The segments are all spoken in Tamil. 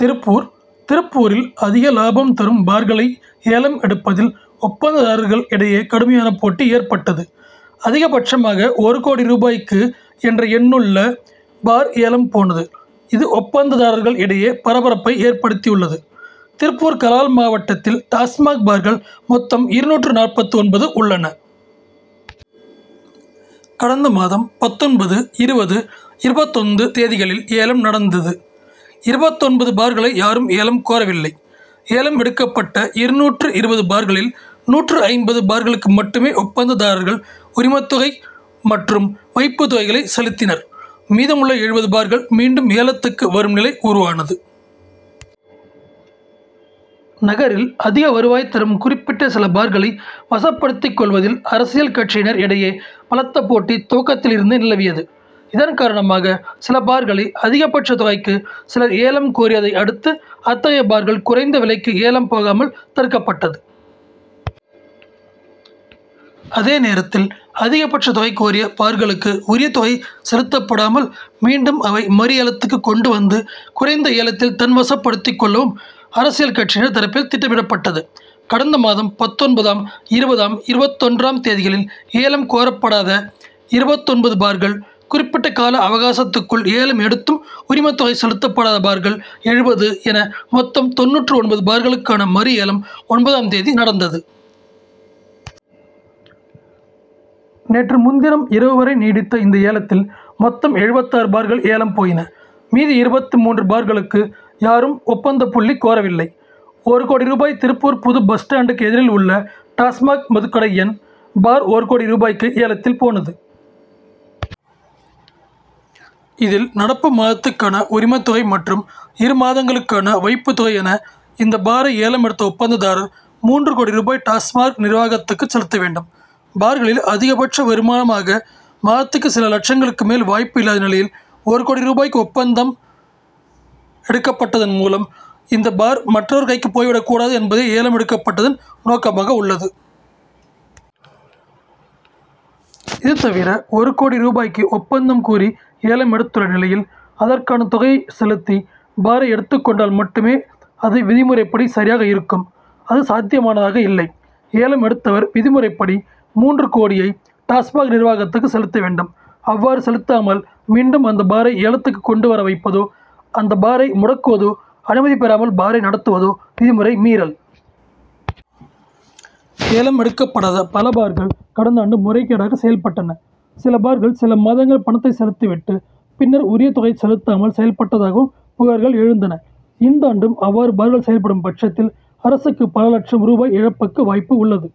திருப்பூர் திருப்பூரில் அதிக லாபம் தரும் பார்களை ஏலம் எடுப்பதில் ஒப்பந்ததாரர்கள் இடையே கடுமையான போட்டி ஏற்பட்டது. அதிகபட்சமாக ஒரு கோடி ரூபாய்க்கு என்ற எண்ணுள்ள பார் ஏலம் போனது இது ஒப்பந்ததாரர்கள் இடையே பரபரப்பை ஏற்படுத்தியுள்ளது. திருப்பூர் கலால் மாவட்டத்தில் டாஸ்மாக் பார்கள் மொத்தம் இருநூற்று நாற்பத்து ஒன்பது உள்ளன. கடந்த மாதம் பத்தொன்பது இருபது இருபத்தொன்து தேதிகளில் ஏலம் நடந்தது இருபத்தொன்பது பார்களை யாரும் ஏலம் கோரவில்லை. ஏலம் எடுக்கப்பட்ட இருநூற்று இருபது பார்களில் நூற்று ஐம்பது பார்களுக்கு மட்டுமே ஒப்பந்ததாரர்கள் உரிமத்தொகை மற்றும் வைப்பு தொகைகளை செலுத்தினர். மீதமுள்ள எழுபது பார்கள் மீண்டும் ஏலத்துக்கு வரும் நிலை உருவானது. நகரில் அதிக வருவாய் தரும் குறிப்பிட்ட சில பார்களை வசப்படுத்திக் கொள்வதில் அரசியல் கட்சியினர் இடையே பலத்த போட்டி துவக்கத்தில் இருந்தே நிலவியது. இதன்காரணமாக சில பார்களை அதிகபட்ச தொகைக்கு சிலர் ஏலம் கோரியதை அடுத்து அத்தகைய பார்கள் குறைந்த விலைக்கு ஏலம் போகாமல் தடுக்கப்பட்டது. அதேநேரத்தில் அதிகபட்ச தொகை கோரிய பார்களுக்கு உரிய தொகை செலுத்தப்படாமல் மீண்டும் அவை மறுஏலத்துக்கு கொண்டு வந்து குறைந்த ஏலத்தில் தன்வசப்படுத்திக் கொள்ளவும் அரசியல் கட்சியினர் தரப்பில் திட்டமிடப்பட்டது. கடந்த மாதம் பத்தொன்பதாம் இருபதாம் இருபத்தொன்றாம் தேதிகளில் ஏலம் கோரப்படாத இருபத்தொன்பது பார்கள் குறிப்பிட்ட கால அவகாசத்துக்குள் ஏலம் எடுத்தும் உரிமத்தொகை செலுத்தப்படாத பார்கள் எழுபது என மொத்தம் தொண்ணூற்று ஒன்பது பார்களுக்கான மறுஏலம் ஒன்பதாம் தேதி நடந்தது. நேற்று முன்தினம் இரவு வரை நீடித்த இந்த ஏலத்தில் மொத்தம் எழுபத்தாறு பார்கள் ஏலம் போயின மீதி இருபத்து மூன்று பார்களுக்கு யாரும் ஒப்பந்தப்புள்ளி கோரவில்லை. ஒரு கோடி ரூபாய் திருப்பூர் புது பஸ் ஸ்டாண்டுக்கு எதிரில் உள்ள டாஸ்மாக்' மதுக்கடை எண் பார் ஒரு கோடி ரூபாய்க்கு ஏலத்தில் போனது. இதில் நடப்பு மாதத்துக்கான உரிமத்தொகை மற்றும் இரு மாதங்களுக்கான வைப்பு தொகை என இந்த பாரை ஏலம் எடுத்த ஒப்பந்ததாரர் மூன்று கோடி ரூபாய் டாஸ்மாக்' நிர்வாகத்துக்குச் செலுத்த வேண்டும். பார்களில் அதிகபட்ச வருமானமாக மாதத்துக்கு சில லட்சங்களுக்கு மேல் வாய்ப்பு இல்லாத நிலையில் ஒரு கோடி ரூபாய்க்கு ஒப்பந்தம் எடுக்கப்பட்டதன் மூலம் இந்த பார் மற்றவர் கைக்கு போய் விடக்கூடாது என்பதே ஏலம் எடுக்கப்பட்டதன் நோக்கமாக உள்ளது. இதுதவிர ஒரு கோடி ரூபாய்க்கு ஒப்பந்தம் கூறி ஏலம் எடுத்துள்ள நிலையில் அதற்கான தொகையை செலுத்தி பாரை எடுத்துக் கொண்டால் மட்டுமே அது விதிமுறைபடி சரியாக இருக்கும் அது சாத்தியமானதாக இல்லை. ஏலம் எடுத்தவர் விதிமுறைப்படி மூன்று கோடியை டாஸ்மாக்' நிர்வாகத்துக்கு செலுத்த வேண்டும். அவ்வாறு செலுத்தாமல் மீண்டும் அந்த பாரை ஏலத்துக்கு கொண்டு வர வைப்பதோ அந்த பாரை முடக்குவதோ அனுமதி பெறாமல் பாரை நடத்துவதோ விதிமுறை மீறல். ஏலம் எடுக்கப்படாத பல பார்கள் கடந்தாண்டு முறைகேடாக செயல்பட்டன. சில பார்கள் சில மாதங்கள் பணத்தை செலுத்தி விட்டு பின்னர் உரிய தொகை செலுத்தாமல் செயல்பட்டதாகவும் புகார்கள் எழுந்தன. இந்தாண்டும் அவ்வாறு பார்கள் செயல்படும் பட்சத்தில் அரசுக்கு பல லட்சம் ரூபாய் இழப்புக்கு வாய்ப்பு உள்ளது.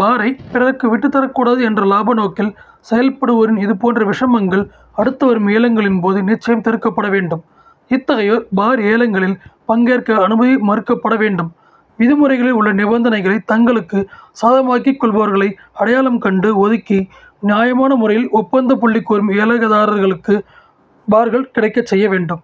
பாரை பிறருக்கு விட்டு தரக்கூடாது என்ற லாப நோக்கில் செயல்படுவோரின் இதுபோன்ற விஷமங்கள் அடுத்து வரும் ஏலங்களின் போது நிச்சயம் தடுக்கப்பட வேண்டும். இத்தகையோர் பார் ஏலங்களில் பங்கேற்க அனுமதி மறுக்கப்பட வேண்டும். விதிமுறைகளில் உள்ள நிபந்தனைகளை தங்களுக்கு சாதகமாக்கிக்கொள்பவர்களை அடையாளம் கண்டு ஒதுக்கி நியாயமான முறையில் ஒப்பந்தப்புள்ளி கோரும் ஏலதாரர்களுக்கு பார்கள் கிடைக்கச்செய்ய வேண்டும்.